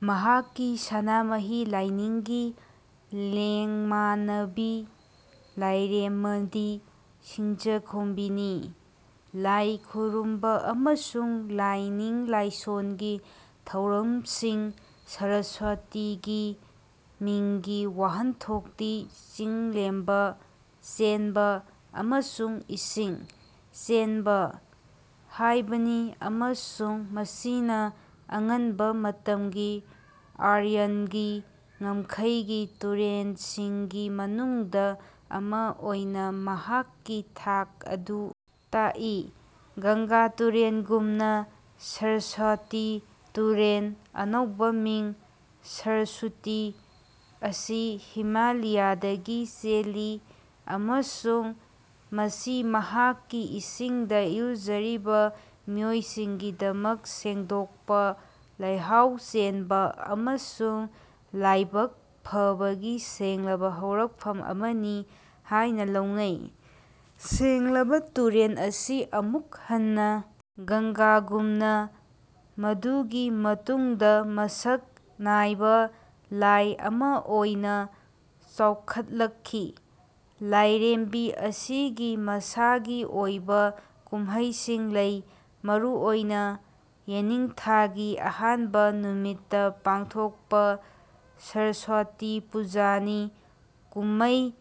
ꯃꯍꯥꯛꯀꯤ ꯁꯅꯥꯃꯍꯤ ꯂꯥꯢꯅꯤꯡꯒꯤ ꯂꯦꯡꯃꯥꯟꯅꯕꯤ ꯂꯥꯢꯔꯦꯝꯃꯗꯤ ꯁꯤꯡꯖꯥꯈꯣꯝꯕꯤꯅꯤ꯫ ꯂꯥꯏ ꯈꯨꯔꯨꯝꯕ ꯑꯃꯁꯨꯡ ꯂꯥꯏꯅꯤꯡ-ꯂꯥꯏꯁꯣꯜꯒꯤ ꯊꯧꯔꯝꯁꯤꯡ ꯁꯔꯁ꯭ꯋꯇꯤꯒꯤ ꯃꯤꯡꯒꯤ ꯋꯥꯍꯟꯊꯣꯛꯇꯤ 'ꯆꯤꯡꯂꯦꯝꯕ', 'ꯆꯦꯟꯕ', ꯑꯃꯁꯨꯡ 'ꯏꯁꯤꯡ ꯆꯦꯟꯕ' ꯍꯥꯏꯕꯅꯤ ꯑꯃꯁꯨꯡ ꯃꯁꯤꯅ ꯑꯉꯟꯕ ꯃꯇꯝꯒꯤ ꯑꯥꯔꯌꯟꯒꯤ ꯉꯝꯈꯩꯒꯤ ꯇꯨꯔꯦꯜꯁꯤꯡꯒꯤ ꯃꯅꯨꯡꯗ ꯑꯃ ꯑꯣꯏꯅ ꯃꯍꯥꯛꯀꯤ ꯊꯥꯛ ꯑꯗꯨ ꯇꯥꯛꯏ꯫ ꯒꯪꯒꯥ ꯇꯨꯔꯦꯜꯒꯨꯝꯅ ꯁꯔꯁ꯭ꯋꯇꯤ ꯇꯨꯔꯦꯜ (ꯑꯅꯧꯕ ꯃꯤꯡ: ꯁꯔꯁꯨꯇꯤ) ꯑꯁꯤ ꯍꯤꯃꯥꯂ꯭ꯌꯥꯗꯒꯤ ꯆꯦꯜꯂꯤ ꯑꯃꯁꯨꯡ ꯃꯁꯤ ꯃꯍꯥꯛꯀꯤ ꯏꯁꯤꯡꯗ ꯏꯔꯨꯖꯔꯤꯕ ꯃꯤꯑꯣꯏꯁꯤꯡꯒꯤꯗꯃꯛ ꯁꯦꯡꯗꯣꯛꯄ, ꯂꯩꯍꯥꯎ ꯆꯦꯟꯕ ꯑꯃꯁꯨꯡ ꯂꯥꯏꯕꯛ ꯐꯕꯒꯤ ꯁꯦꯡꯂꯕ ꯍꯧꯔꯛꯐꯝ ꯑꯃꯅꯤ ꯍꯥꯏꯅ ꯂꯧꯅꯩ꯫ ꯁꯦꯡꯂꯕ ꯇꯨꯔꯦꯜ ꯑꯁꯤ ꯑꯃꯨꯛ ꯍꯟꯅ ꯒꯪꯒꯥꯒꯨꯝꯅ ꯃꯗꯨꯒꯤ ꯃꯇꯨꯡꯗ ꯃꯁꯛ ꯅꯥꯏꯕ ꯂꯥꯏ ꯑꯃ ꯑꯣꯏꯅ ꯆꯥꯎꯈꯠꯂꯛꯈꯤ꯫ ꯂꯥꯏꯔꯦꯝꯕꯤ ꯑꯁꯤꯒꯤ ꯃꯁꯥꯒꯤ ꯑꯣꯏꯕ ꯀꯨꯝꯍꯩꯁꯤꯡ ꯂꯩ, ꯃꯔꯨꯑꯣꯏꯅ ꯌꯦꯅꯤꯡꯊꯥꯒꯤ ꯑꯍꯥꯟꯕ ꯅꯨꯃꯤꯠꯇ ꯄꯥꯡꯊꯣꯛꯄ ꯁꯔꯁ꯭ꯋꯇꯤ ꯄꯨꯖꯥꯅꯤ꯫ ꯀꯨꯝꯃꯩ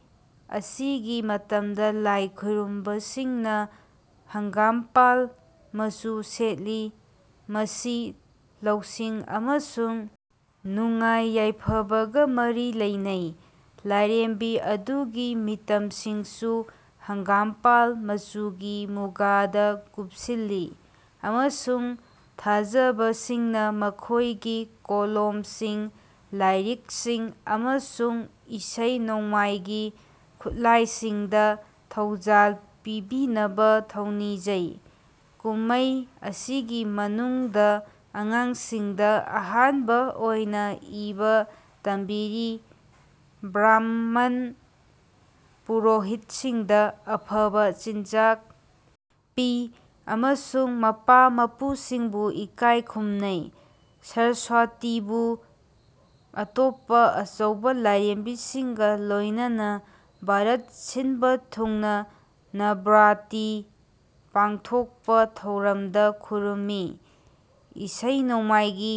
ꯑꯁꯤꯒꯤ ꯃꯇꯝꯗ ꯂꯥꯏ ꯈꯨꯔꯨꯝꯕꯁꯤꯡꯅ ꯍꯪꯒꯥꯝꯄꯥꯜ ꯃꯆꯨ ꯁꯦꯠꯂꯤ꯫ ꯃꯁꯤ ꯂꯧꯁꯤꯡ ꯑꯃꯁꯨꯡ ꯅꯨꯡꯉꯥꯏ-ꯌꯥꯏꯐꯕꯒ ꯃꯔꯤ ꯂꯩꯅꯩ꯫ ꯂꯥꯏꯔꯦꯝꯕꯤ ꯑꯗꯨꯒꯤ ꯃꯤꯇꯝꯁꯤꯡꯁꯨ ꯍꯪꯒꯥꯝꯄꯥꯜ ꯃꯆꯨꯒꯤ ꯃꯨꯒꯥꯗ ꯀꯨꯞꯁꯤꯜꯂꯤ, ꯑꯃꯁꯨꯡ ꯊꯥꯖꯕꯁꯤꯡꯅ ꯃꯈꯣꯏꯒꯤ ꯀꯣꯂꯣꯝꯁꯤꯡ, ꯂꯥꯏꯔꯤꯛꯁꯤꯡ ꯑꯃꯁꯨꯡ ꯏꯁꯩ-ꯅꯣꯡꯃꯥꯏꯒꯤ ꯈꯨꯠꯂꯥꯏꯁꯤꯡꯗ ꯊꯧꯖꯥꯜ ꯄꯤꯕꯤꯅꯕ ꯊꯧꯅꯤꯖꯩ꯫ ꯀꯨꯝꯃꯩ ꯑꯁꯤꯒꯤ ꯃꯅꯨꯡꯗ ꯑꯉꯥꯡꯁꯤꯡꯗ ꯑꯍꯥꯟꯕ ꯑꯣꯏꯅ ꯏꯕ ꯇꯝꯕꯤꯔꯤ, ꯕ꯭ꯔꯥꯍꯃꯟ ꯄꯨꯔꯣꯍꯤꯠꯁꯤꯡꯗ ꯑꯐꯕ ꯆꯤꯟꯖꯥꯛ ꯄꯤ, ꯑꯃꯁꯨꯡ ꯃꯄꯥ-ꯃꯄꯨꯁꯤꯡꯕꯨ ꯏꯀꯥꯏ ꯈꯨꯝꯅꯩ꯫ ꯁꯔꯁ꯭ꯋꯇꯤꯕꯨ ꯑꯇꯣꯞꯄ ꯑꯆꯧꯕ ꯂꯥꯏꯔꯦꯝꯕꯤꯁꯤꯡꯒ ꯂꯣꯏꯅꯅ ꯚꯥꯔꯠ ꯁꯤꯟꯕ ꯊꯨꯡꯅ ꯅꯕꯔꯥꯇ꯭ꯔꯤ ꯄꯥꯡꯊꯣꯛꯄ ꯊꯧꯔꯝꯗ ꯈꯨꯔꯨꯝꯃꯤ꯫ ꯏꯁꯩ-ꯅꯣꯡꯃꯥꯏꯒꯤ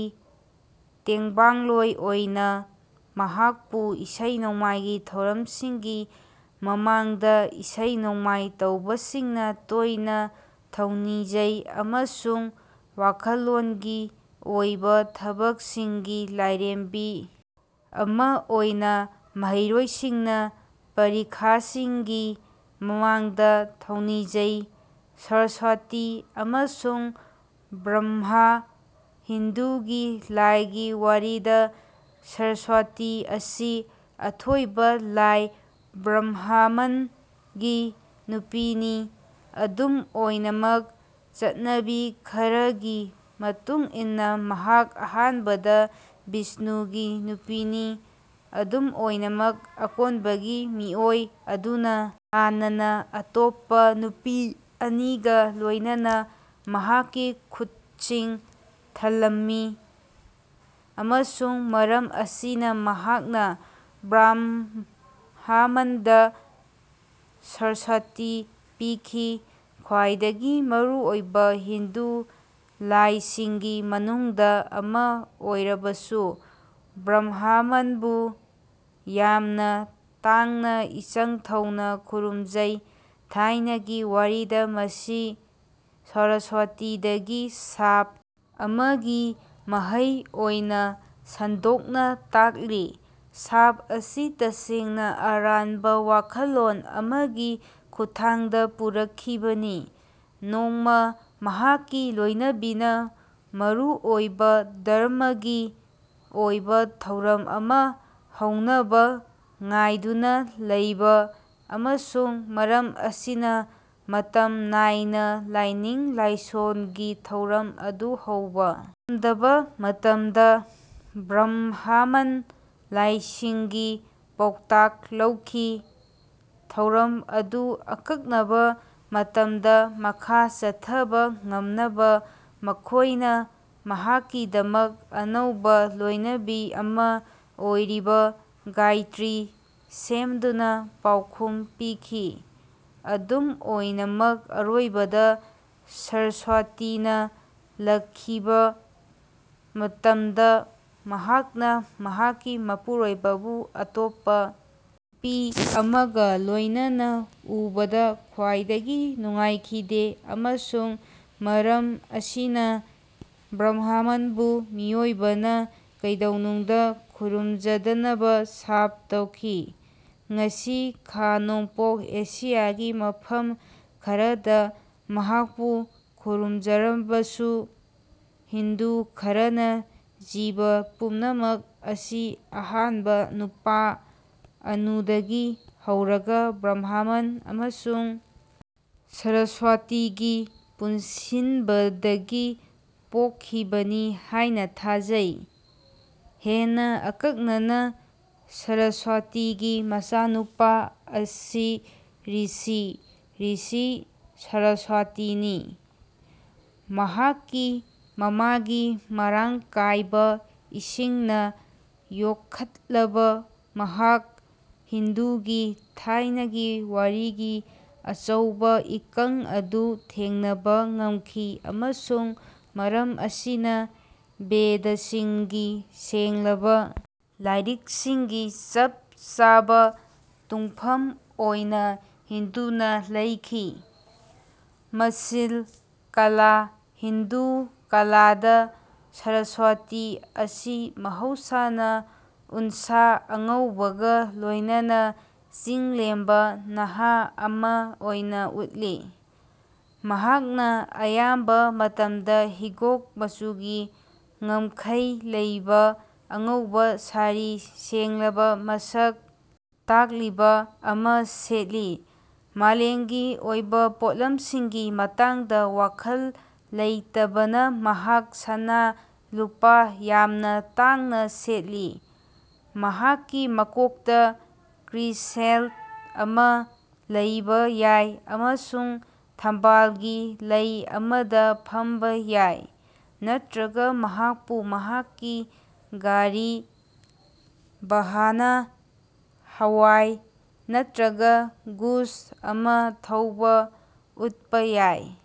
ꯇꯦꯡꯕꯥꯡꯂꯣꯏ ꯑꯣꯏꯅ, ꯃꯍꯥꯛꯄꯨ ꯏꯁꯩ-ꯅꯣꯡꯃꯥꯏꯒꯤ ꯊꯧꯔꯝꯁꯤꯡꯒꯤ ꯃꯃꯥꯡꯗ ꯏꯁꯩ-ꯅꯣꯡꯃꯥꯏ ꯇꯧꯕꯁꯤꯡꯅ ꯇꯣꯏꯅ ꯊꯧꯅꯤꯖꯩ ꯑꯃꯁꯨꯡ ꯋꯥꯈꯜꯂꯣꯟꯒꯤ ꯑꯣꯏꯕ ꯊꯕꯛꯁꯤꯡꯒꯤ ꯂꯥꯏꯔꯦꯝꯕꯤ ꯑꯃ ꯑꯣꯏꯅ ꯃꯍꯩꯔꯣꯏꯁꯤꯡꯅ ꯄꯔꯤꯈꯥꯁꯤꯡꯒꯤ ꯃꯃꯥꯡꯗ ꯊꯧꯅꯤꯖꯩ꯫ ꯁꯔꯁ꯭ꯋꯇꯤ ꯑꯃꯁꯨꯡ ꯕ꯭ꯔꯍꯃ ꯍꯤꯟꯗꯨꯒꯤ ꯂꯥꯏꯒꯤ ꯋꯥꯔꯤꯗ, ꯁꯔꯁ꯭ꯋꯇꯤ ꯑꯁꯤ ꯑꯊꯣꯏꯕ ꯂꯥꯏ ꯕ꯭ꯔꯍꯃꯟꯒꯤ ꯅꯨꯄꯤꯅꯤ꯫ ꯑꯗꯨꯝ ꯑꯣꯏꯅꯃꯛ ꯆꯠꯅꯕꯤ ꯈꯔꯒꯤ ꯃꯇꯨꯡ ꯏꯟꯅ ꯃꯍꯥꯛ ꯑꯍꯥꯟꯕꯗ ꯕꯤꯁꯅꯨꯒꯤ ꯅꯨꯄꯤꯅꯤ꯫ ꯑꯗꯨꯝ ꯑꯣꯏꯅꯃꯛ ꯑꯀꯣꯟꯕꯒꯤ ꯃꯤꯑꯣꯏ ꯑꯗꯨꯅ ꯍꯥꯟꯅꯅ ꯑꯇꯣꯞꯄ ꯅꯨꯄꯤ ꯑꯅꯤꯒ ꯂꯣꯏꯅꯅ ꯃꯍꯥꯛꯀꯤ ꯈꯨꯠꯁꯤꯡ ꯊꯜꯂꯝꯃꯤ ꯑꯃꯁꯨꯡ ꯃꯔꯝ ꯑꯁꯤꯅ ꯃꯍꯥꯛꯅ ꯕ꯭ꯔꯍꯃꯟꯗ ꯁꯔꯁ꯭ꯋꯇꯤ ꯄꯤꯈꯤ꯫ ꯈ꯭ꯋꯥꯏꯗꯒꯤ ꯃꯔꯨꯑꯣꯏꯕ ꯍꯤꯟꯗꯨ ꯂꯥꯏꯁꯤꯡꯒꯤ ꯃꯅꯨꯡꯗ ꯑꯃꯥ ꯑꯣꯏꯔꯕꯁꯨ, ꯕ꯭ꯔꯍꯃꯟꯕꯨ ꯌꯥꯝꯅ ꯇꯥꯡꯅ ꯏꯆꯪ ꯊꯧꯅ ꯈꯨꯔꯨꯝꯖꯩ꯫ ꯊꯥꯏꯅꯒꯤ ꯋꯥꯔꯤꯗ ꯃꯁꯤ ꯁꯔꯁ꯭ꯋꯇꯤꯗꯒꯤ ꯁꯥꯞ ꯑꯃꯒꯤ ꯃꯍꯩ ꯑꯣꯏꯅ ꯁꯟꯗꯣꯛꯅ ꯇꯥꯛꯂꯤ꯫ ꯁꯥꯞ ꯑꯁꯤ ꯇꯁꯦꯡꯅ ꯑꯔꯥꯟꯕ ꯋꯥꯈꯜꯂꯣꯟ ꯑꯃꯒꯤ ꯈꯨꯠꯊꯥꯡꯗ ꯄꯨꯔꯛꯈꯤꯕꯅꯤ꯫ ꯅꯣꯡꯃ ꯃꯍꯥꯛꯀꯤ ꯂꯣꯏꯅꯕꯤꯅ ꯃꯔꯨꯑꯣꯏꯕ ꯙꯔꯃꯒꯤ ꯑꯣꯏꯕ ꯊꯧꯔꯝ ꯑꯃ ꯍꯧꯅꯕ ꯉꯥꯏꯗꯨꯅ ꯂꯩꯕ ꯑꯃꯁꯨꯡ ꯃꯔꯝ ꯑꯁꯤꯅ ꯃꯇꯝ ꯅꯥꯏꯅ ꯂꯥꯏꯅꯤꯡ-ꯂꯥꯏꯁꯣꯜꯒꯤ ꯊꯧꯔꯝ ꯑꯗꯨ ꯍꯧꯕ ꯉꯝꯗꯕ ꯃꯇꯝꯗ, ꯕ꯭ꯔꯍꯃꯟ ꯂꯥꯏꯁꯤꯡꯒꯤ ꯄꯥꯎꯇꯥꯛ ꯂꯧꯈꯤ꯫ ꯊꯧꯔꯝ ꯑꯗꯨ ꯑꯀꯛꯅꯕ ꯃꯇꯝꯗ ꯃꯈꯥ ꯆꯠꯊꯕ ꯉꯝꯅꯕ ꯃꯈꯣꯏꯅ ꯃꯍꯥꯛꯀꯤꯗꯃꯛ ꯑꯅꯧꯕ ꯂꯣꯏꯅꯕꯤ ꯑꯃ ꯑꯣꯏꯔꯤꯕ ꯒꯥꯏꯇ꯭ꯔꯤ ꯁꯦꯝꯗꯨꯅ ꯄꯥꯎꯈꯨꯝ ꯄꯤꯈꯤ꯫ ꯑꯗꯨꯝ ꯑꯣꯏꯅꯃꯛ ꯑꯔꯣꯏꯕꯗ ꯁꯔꯁ꯭ꯋꯇꯤꯅ ꯂꯥꯛꯈꯤꯕ ꯃꯇꯝꯗ ꯃꯍꯥꯛꯅ ꯃꯍꯥꯛꯀꯤ ꯃꯄꯨꯔꯣꯏꯕꯕꯨ ꯑꯇꯣꯞꯄ ꯅꯨꯄꯤ ꯑꯃꯒ ꯂꯣꯏꯅꯅ ꯎꯕꯗ ꯈ꯭ꯋꯥꯏꯗꯒꯤ ꯅꯨꯡꯉꯥꯏꯈꯤꯗꯦ ꯑꯃꯁꯨꯡ ꯃꯔꯝ ꯑꯁꯤꯅ ꯕ꯭ꯔꯍꯃꯟꯕꯨ ꯃꯤꯑꯣꯏꯕꯅ ꯀꯩꯗꯧꯅꯨꯡꯗ ꯈꯨꯔꯨꯝꯖꯗꯅꯕ ꯁꯥꯞ ꯇꯧꯈꯤ (ꯉꯁꯤ ꯈꯥ-ꯅꯣꯡꯄꯣꯛ ꯑꯦꯁꯤꯌꯥꯒꯤ ꯃꯐꯝ ꯈꯔꯗ ꯃꯍꯥꯛꯄꯨ ꯈꯨꯔꯨꯝꯖꯔꯕꯁꯨ)꯫ ꯍꯤꯟꯗꯨ ꯈꯔꯅ ꯖꯤꯕ ꯄꯨꯝꯅꯃꯛ ꯑꯁꯤ ꯑꯍꯥꯟꯕ ꯅꯨꯄꯥ ꯃꯅꯨꯗꯒꯤ ꯍꯧꯔꯒ ꯕ꯭ꯔꯍꯃꯟ ꯑꯃꯁꯨꯡ ꯁꯔꯁ꯭ꯋꯇꯤꯒꯤ ꯄꯨꯟꯁꯤꯟꯕꯗꯒꯤ ꯄꯣꯛꯈꯤꯕꯅꯤ ꯍꯥꯏꯅ ꯊꯥꯖꯩ꯫ ꯍꯦꯟꯅ ꯑꯀꯛꯅꯅ, ꯁꯔꯁ꯭ꯋꯇꯤꯒꯤ ꯃꯆꯥꯅꯨꯄꯥ ꯑꯁꯤ ꯔꯤꯁꯤ (ꯔꯤꯁꯤ) ꯁꯔꯁ꯭ꯋꯇꯅꯤ꯫ ꯃꯍꯥꯛꯀꯤ ꯃꯃꯥꯒꯤ ꯃꯔꯥꯡ ꯀꯥꯏꯕ ꯏꯁꯤꯡꯅ ꯌꯣꯛꯈꯠꯂꯕ ꯃꯍꯥꯛ ꯍꯤꯟꯗꯨꯒꯤ ꯊꯥꯏꯅꯒꯤ ꯋꯥꯔꯤꯒꯤ ꯑꯆꯧꯕ ꯏꯀꯪ ꯑꯗꯨ ꯊꯦꯡꯅꯕ ꯉꯝꯈꯤ ꯑꯃꯁꯨꯡ ꯃꯔꯝ ꯑꯁꯤꯅ ꯕꯦꯗꯁꯤꯡꯒꯤ ꯁꯦꯡꯂꯕ ꯂꯥꯏꯔꯤꯛꯁꯤꯡꯒꯤ ꯆꯞ ꯆꯥꯕ ꯇꯨꯡꯐꯝ ꯑꯣꯏꯅ ꯍꯤꯡꯗꯨꯅ ꯂꯩꯈꯤ꯫ ꯃꯁꯤꯟ (ꯀꯂꯥ) ꯍꯤꯟꯗꯨ ꯀꯂꯥꯗ, ꯁꯔꯁ꯭ꯋꯇꯤ ꯑꯁꯤ ꯃꯍꯧꯁꯥꯅ ꯎꯟꯁꯥ ꯑꯉꯧꯕꯒ ꯂꯣꯏꯅꯅ ꯆꯤꯡꯂꯦꯝꯕ ꯅꯍꯥ ꯑꯃꯥ ꯑꯣꯏꯅ ꯎꯠꯂꯤ꯫ ꯃꯍꯥꯛꯅ ꯑꯌꯥꯝꯕ ꯃꯇꯝꯗ ꯍꯤꯒꯣꯛ ꯃꯆꯨꯒꯤ ꯉꯝꯈꯩ ꯂꯩꯕ ꯑꯉꯧꯕ ꯁꯥꯔꯤ (ꯁꯦꯡꯂꯕ ꯃꯁꯛ ꯇꯥꯛꯂꯤꯕ) ꯑꯃ ꯁꯦꯠꯂꯤ꯫ ꯃꯥꯂꯦꯝꯒꯤ ꯑꯣꯏꯕ ꯄꯣꯠꯂꯝꯁꯤꯡꯒꯤ ꯃꯇꯥꯡꯗ ꯋꯥꯈꯜ ꯂꯩꯇꯕꯅ ꯃꯍꯥꯛꯅ ꯁꯅꯥ-ꯂꯨꯄꯥ ꯌꯥꯝꯅ ꯇꯥꯡꯅ ꯁꯦꯠꯂꯤ꯫ ꯃꯍꯥꯛꯀꯤ ꯃꯀꯣꯛꯇ ꯀ꯭ꯔꯤꯁꯦꯟꯠ ꯑꯃ ꯂꯩꯕ ꯌꯥꯏ ꯑꯃꯁꯨꯡ ꯊꯝꯕꯥꯜꯒꯤ ꯂꯩ ꯑꯃꯗ ꯐꯝꯕ ꯌꯥꯏ꯫ ꯅꯠꯇ꯭ꯔꯒ ꯃꯍꯥꯛꯄꯨ ꯃꯍꯥꯛꯀꯤ ꯒꯥꯔꯤ (ꯚꯥꯍꯥꯅꯥ), ꯍꯋꯥꯏ ꯅꯠꯇ꯭ꯔꯒ ꯒꯨꯁ ꯑꯃ ꯊꯧꯕ ꯎꯠꯄ ꯌꯥꯏ꯫